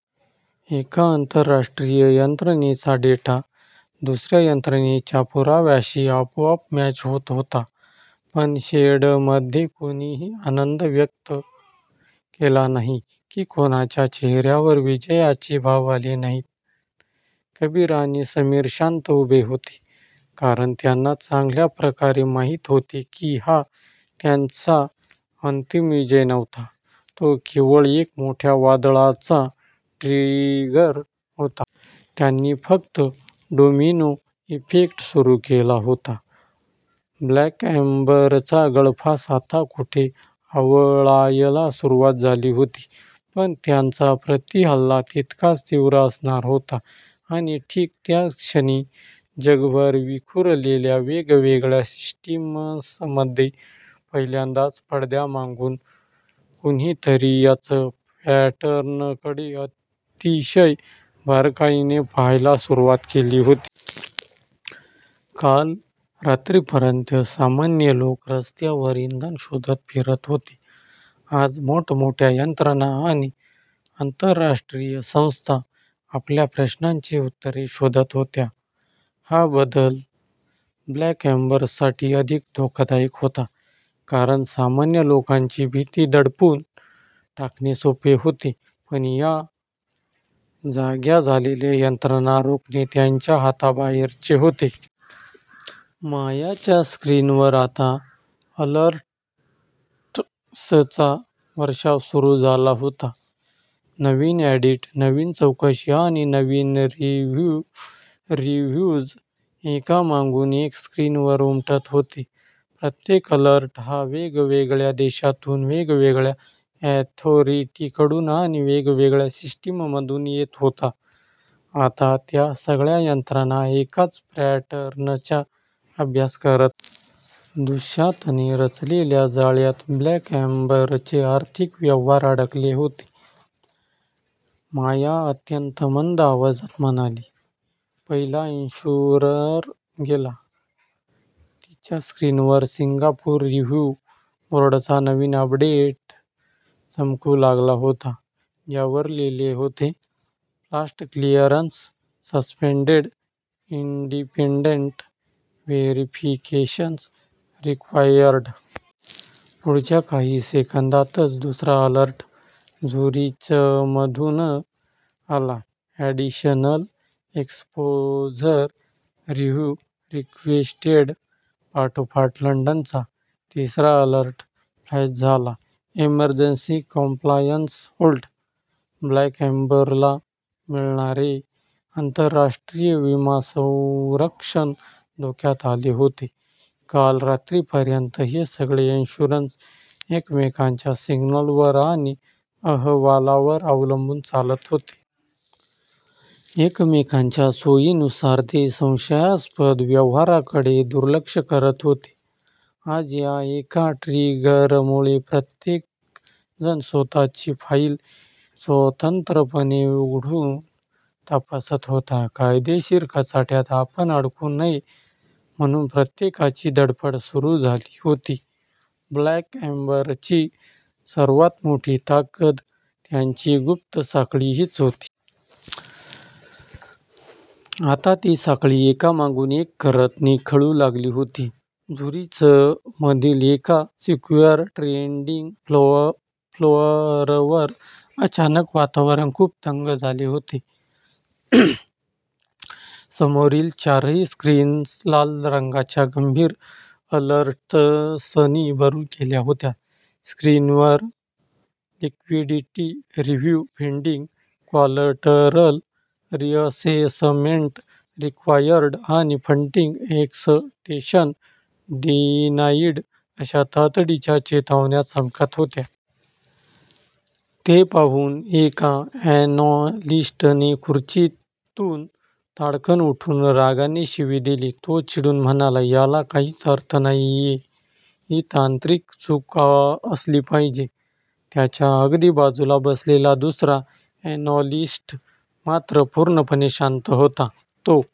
एका आंतरराष्ट्रीय यंत्रणेचा डेटा दुसऱ्या यंत्रणेच्या पुराव्याशी आपोआप मॅच होत होता. पण शेडमध्ये कोणीही आनंद व्यक्त केला नाही, की कोणाच्या चेहऱ्यावर विजयाचे भाव आले नाहीत. कबीर आणि समीर शांत उभे होते. कारण त्यांना चांगल्या प्रकारे माहीत होते की हा त्यांचा अंतिम विजय नव्हता; तो केवळ एका मोठ्या वादळाचा ट्रिगर होता. त्यांनी फक्त डोमिनो इफेक्ट सुरू केला होता. ब्लॅक एम्बरचा गळफास आत्ता कुठे आवळायला सुरुवात झाली होती, पण त्याचा प्रतिहल्ला तितकाच तीव्र असणार होता. आणि ठीक त्याच क्षणी, जगभर विखुरलेल्या वेगवेगळ्या सिस्टीम्समध्ये पहिल्यांदाच पडद्यामागून कोणीतरी याच पॅटर्नकडे अतिशय बारकाईने पाहायला सुरुवात केली होती. काल रात्रीपर्यंत सामान्य लोक रस्त्यावर इंधन शोधत फिरत होते. आज मोठमोठ्या यंत्रणा आणि आंतरराष्ट्रीय संस्था आपल्या प्रश्नांची उत्तरे शोधत होत्या. हा बदल ब्लॅक एम्बरसाठी अधिक धोकादायक होता. कारण सामान्य लोकांची भीती दडपून टाकणे सोपे होते, पण या जाग्या झालेल्या यंत्रणांना रोखणे त्यांच्या हाताबाहेरचे होते. मायाच्या स्क्रीनवर आता अलर्ट्सचा वर्षाव सुरू झाला होता. नवीन ऑडिट, नवीन चौकशी आणि नवीन रिव्ह्यूज एकामागून एक स्क्रीनवर उमटत होते. प्रत्येक अलर्ट हा वेगवेगळ्या देशातून, वेगवेगळ्या ऑथॉरिटीकडून आणि वेगवेगळ्या सिस्टीममधून येत होता. आता त्या सगळ्या यंत्रणा एकाच पॅटर्नचा अभ्यास करत होत्या. दुष्यंतने रचलेल्या जाळ्यात ब्लॅक एम्बरचे आर्थिक व्यवहार अडकले होते. माया अत्यंत मंद आवाजात म्हणाली, "पहिला इन्शुरर गेला. " तिच्या स्क्रीनवर सिंगापूर रिव्ह्यू बोर्डचा नवीन अपडेट चमकू लागला होता, ज्यावर लिहिले होते fast clearance suspended, independent verification required. पुढच्या काही सेकंदांतच दुसरा अलर्ट झुरिचमधून आला ऍडिशनल एक्स्पोजर रिव्ह्यू रिक्व्हेस्टेड. पाठोपाठ लंडनचा तिसरा अलर्ट फ्लॅश झाला इमर्जन्सी कॉम्प्लायन्स होल्ड. ब्लॅक एम्बरला मिळणारे आंतरराष्ट्रीय विमा संरक्षण धोक्यात आले होते. काल रात्रीपर्यंत हे सगळे इन्शुरर्स एकमेकांच्या सिग्नल्सवर आणि अहवालांवर अवलंबून चालत होते. एकमेकांच्या सोयीनुसार ते संशयास्पद व्यवहारांकडे दुर्लक्ष करत होते. आज या एका ट्रिगरमुळे प्रत्येक जण स्वतःची फाईल स्वतंत्रपणे उघडून तपासत होता. कायदेशीर कचाट्यात आपण अडकू नये म्हणून प्रत्येकाची धडपड सुरू झाली होती. ब्लॅक एम्बरची सर्वात मोठी ताकद त्यांची गुप्त साखळी हीच होती. आता ती साखळी एकामागून एक करत निखळू लागली होती. झुरिचमधील एका सिक्युअर ट्रेडिंग फ्लोअरवर अचानक वातावरण खूप तंग झाले होते. समोरील चारही स्क्रीन्स लाल रंगाच्या गंभीर अलर्ट्सनी भरून गेल्या होत्या. स्क्रीनवर liquidity review pending, collateral reassessment required आणि फंडिंग एक्सटेंशन डिनाईड अशा तातडीच्या चेतावण्या चमकत होत्या. ते पाहून एका अॅनालिस्टने खुर्चीतून ताडकन उठत रागाने शिवी दिली. तो चिडून म्हणाला, "याला काहीच अर्थ नाहीये. ही तांत्रिक चूक असली पाहिजे. " त्याच्या अगदी बाजूला बसलेला दुसरा अॅनालिस्ट मात्र पूर्णपणे शांत होता. तो